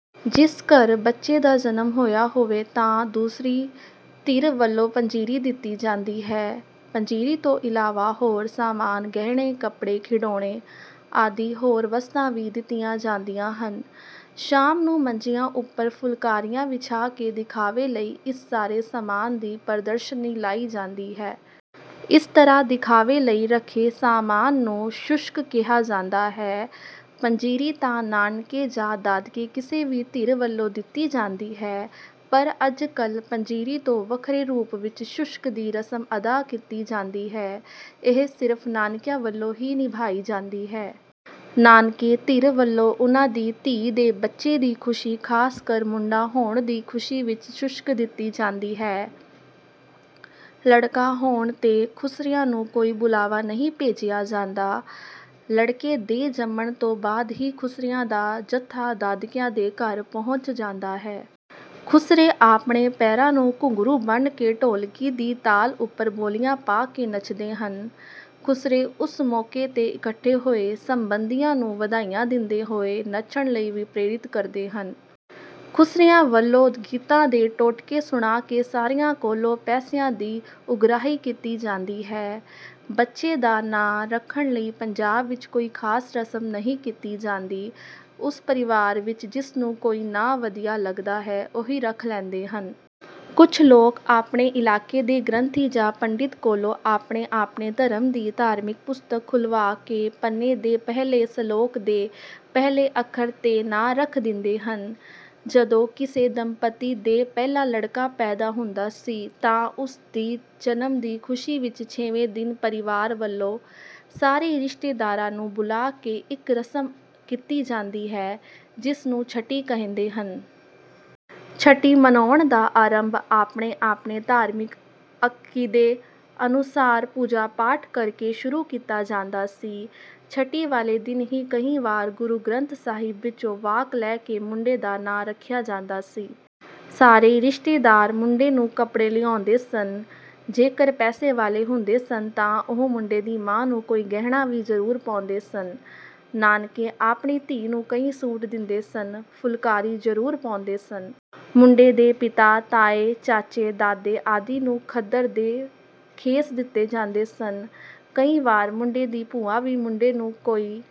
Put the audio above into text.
ਜਿਸ ਘਰ ਬੱਚੇ ਦਾ ਜਨਮ ਹੋਇਆ ਹੋਵੇ ਤਾਂ ਦੂਸਰੀ ਧਿਰ ਵੱਲੋਂ ਪੰਜੀਰੀ ਦਿੱਤੀ ਜਾਂਦੀ ਹੈ। ਪੰਜੀਰੀ ਤੋਂ ਇਲਾਵਾ ਹੋਰ ਸਾਮਾਨ ਗਹਿਣੇ ਕੱਪੜੇ ਖਿਡੌਣੇ ਆਦਿ ਹੋਰ ਵਸਤਾਂ ਵੀ ਦਿੱਤੀਆਂ ਜਾਂਦੀਆਂ ਹਨ। ਸ਼ਾਮ ਨੂੰ ਮੰਜਿਆਂ ਉੱਪਰ ਫੁਲਕਾਰੀਆਂ ਵਿਛਾ ਕੇ ਦਿਖਾਵੇ ਲਈ ਇਸ ਸਾਰੇ ਸਾਮਾਨ ਦੀ ਪ੍ਰਦਰਸ਼ਨੀ ਲਾਈ ਜਾਂਦੀ ਹੈ। ਇਸ ਤਰ੍ਹਾਂ ਦਿਖਾਵੇ ਲਈ ਰੱਖੇ ਸਾਮਾਨ ਨੂੰ ਸ਼ੂਸ਼ਕ ਕਿਹਾ ਜਾਂਦਾ ਹੈ। ਪੰਜੀਰੀ ਤਾਂ ਨਾਨਕੇ ਜਾਂ ਦਾਦਕੇ ਕਿਸੇ ਵੀ ਧਿਰ ਵੱਲੋਂ ਦਿੱਤੀ ਜਾਂਦੀ ਹੈ ਪਰ ਅੱਜ ਕੱਲ੍ਹ ਪੰਜੀਰੀ ਤੋਂ ਵੱਖਰੇ ਰੂਪ ਵਿੱਚ ਸ਼ੂਸ਼ਕ ਦੀ ਰਸਮ ਅਦਾ ਕੀਤੀ ਜਾਂਦੀ ਹੈ ਇਹ ਸਿਰਫ ਨਾਨਕਿਆਂ ਵੱਲੋਂ ਹੀ ਨਿਭਾਈ ਜਾਂਦੀ ਹੈ। ਨਾਨਕੇ ਧਿਰ ਵੱਲੋਂ ਉਨ੍ਹਾਂ ਦੀ ਧੀ ਦੇ ਬੱਚੇ ਦੀ ਖੁਸ਼ੀ ਖਾਸ ਕਰ ਮੁੰਡਾ ਹੋਣ ਦੀ ਖੁਸ਼ੀ ਵਿੱਚ ਸ਼ੂਸ਼ਕ ਦਿੱਤੀ ਜਾਂਦੀ ਹੈ। ਲੜਕਾ ਹੋਣ ਤੇ ਖੁਸਰਿਆਂ ਨੂੰ ਕੋਈ ਬੁਲਾਵਾ ਨਹੀਂ ਭੇਜਿਆ ਜਾਂਦਾ। ਲੜਕੇ ਦੇ ਜੰਮਣ ਤੋਂ ਬਾਅਦ ਹੀ ਖੁਸਰਿਆਂ ਦਾ ਜਥਾ ਦਾਦਕਿਆਂ ਦੇ ਘਰ ਪਹੁੰਚ ਜਾਂਦਾ ਹੈ। ਖੁਸਰੇ ਆਪਣੇ ਪੈਰਾਂ ਨੂੰ ਘੁੰਗਰੂ ਬੰਨ੍ਹ ਕੇ ਢੋਲਕੀ ਦੀ ਤਾਲ ਉੱਪਰ ਬੋਲੀਆਂ ਪਾ ਕੇ ਨੱਚਦੇ ਹਨ। ਖੁਸਰੇ ਉਸ ਮੌਕੇ ਤੇ ਇਕੱਠੇ ਹੋਏ ਸੰਬੰਧੀਆਂ ਨੂੰ ਵਧਾਈਆਂ ਦਿੰਦੇ ਹੋਏ ਨੱਚਣ ਲਈ ਵੀ ਪ੍ਰੇਰਿਤ ਕਰਦੇ ਹਨ। ਖੁਸਰਿਆਂ ਵੱਲੋਂ ਗੀਤਾਂ ਦੇ ਟੋਟਕੇ ਸੁਣਾ ਕੇ ਸਾਰਿਆਂ ਕੋਲੋਂ ਪੈਸਿਆਂ ਦੀ ਉਗਰਾਹੀ ਕੀਤੀ ਜਾਂਦੀ ਹੈ। ਬੱਚੇ ਦਾ ਨਾਂ ਰੱਖਣ ਲਈ ਪੰਜਾਬ ਵਿੱਚ ਕੋਈ ਖਾਸ ਰਸਮ ਨਹੀਂ ਕੀਤੀ ਜਾਂਦੀ। ਉਸ ਪਰਿਵਾਰ ਵਿੱਚ ਜਿਸ ਨੂੰ ਕੋਈ ਨਾਂ ਵਧੀਆ ਲੱਗਦਾ ਹੈ ਉਹੀ ਰੱਖ ਲੈਂਦੇ ਹਨ। ਕੁੱਝ ਲੋਕ ਆਪਣੇ ਇਲਾਕੇ ਦੇ ਗ੍ਰੰਥੀ ਜਾਂ ਪੰਡਿਤ ਕੋਲੋਂ ਆਪਣੇ ਆਪਣੇ ਧਰਮ ਦੀ ਧਾਰਮਿਕ ਪੁਸਤਕ ਖੁਲ੍ਹਵਾ ਕੇ ਪੰਨੇ ਦੇ ਪਹਿਲੇ ਸਲੋਕ ਦੇ ਪਹਿਲੇ ਅੱਖਰ ਤੇ ਨਾਂ ਰੱਖ ਦਿੰਦੇ ਹਨ। ਜਦੋਂ ਕਿਸੇ ਦੰਪਤੀ ਦੇ ਪਹਿਲਾ ਲੜਕਾ ਪੈਦਾ ਹੁੰਦਾ ਸੀ ਤਾਂ ਉਸ ਦੀ ਜਨਮ ਦੀ ਖੁਸ਼ੀ ਵਿੱਚ ਛੇਵੇਂ ਦਿਨ ਪਰਿਵਾਰ ਵੱਲੋਂ ਸਾਰੇ ਰਿਸ਼ਤੇਦਾਰਾਂ ਨੂੰ ਬੁਲਾ ਕੇ ਇੱਕ ਰਸਮ ਕੀਤੀ ਜਾਂਦੀ ਹੈ ਜਿਸ ਨੂੰ ਛਟੀ ਕਹਿੰਦੇ ਹਨ। ਛਟੀ ਮਨਾਉਣ ਦਾ ਆਰੰਭ ਆਪਣੇ ਆਪਣੇ ਧਾਰਮਿਕ ਅਕੀਦੇ ਅਨੁਸਾਰ ਪੂਜਾ ਪਾਠ ਕਰ ਕੇ ਸ਼ੁਰੂ ਕੀਤਾ ਜਾਂਦਾ ਸੀ। ਛਟੀ ਵਾਲੇ ਦਿਨ ਹੀ ਕਈ ਵਾਰ ਗੁਰੂ ਗ੍ਰੰਥ ਸਾਹਿਬ ਵਿੱਚੋਂ ਵਾਕ ਲੈ ਕੇ ਮੁੰਡੇ ਦਾ ਨਾਂ ਰੱਖਿਆ ਜਾਂਦਾ ਸੀ। ਸਾਰੇ ਰਿਸ਼ਤੇਦਾਰ ਮੁੰਡੇ ਨੂੰ ਕੱਪੜੇ ਲਿਆਉਂਦੇ ਸਨ। ਜੇਕਰ ਪੈਸੇ ਵਾਲੇ ਹੁੰਦੇ ਸਨ ਤਾਂ ਉਹ ਮੁੰਡੇ ਦੀ ਮਾਂ ਨੂੰ ਕੋਈ ਗਹਿਣਾ ਵੀ ਜ਼ਰੂਰ ਪਾਉਂਦੇ ਸਨ। ਨਾਨਕੇ ਆਪਣੀ ਧੀ ਨੂੰ ਕਈ ਸੂਟ ਦਿੰਦੇ ਸਨ। ਫੁਲਕਾਰੀ ਜ਼ਰੂਰ ਪਾਉਂਦੇ ਸਨ। ਮੁੰਡੇ ਦੇ ਪਿਤਾ ਤਾਏ ਚਾਚੇ ਦਾਦੇ ਆਦਿ ਨੂੰ ਖੱਦਰ ਦੇ ਖੇਸ ਦਿੱਤੇ ਜਾਂਦੇ ਸਨ। ਕਈ ਵਾਰ ਮੁੰਡੇ ਦੀ ਭੂਆ ਵੀ ਮੁੰਡੇ ਨੂੰ ਕੋਈ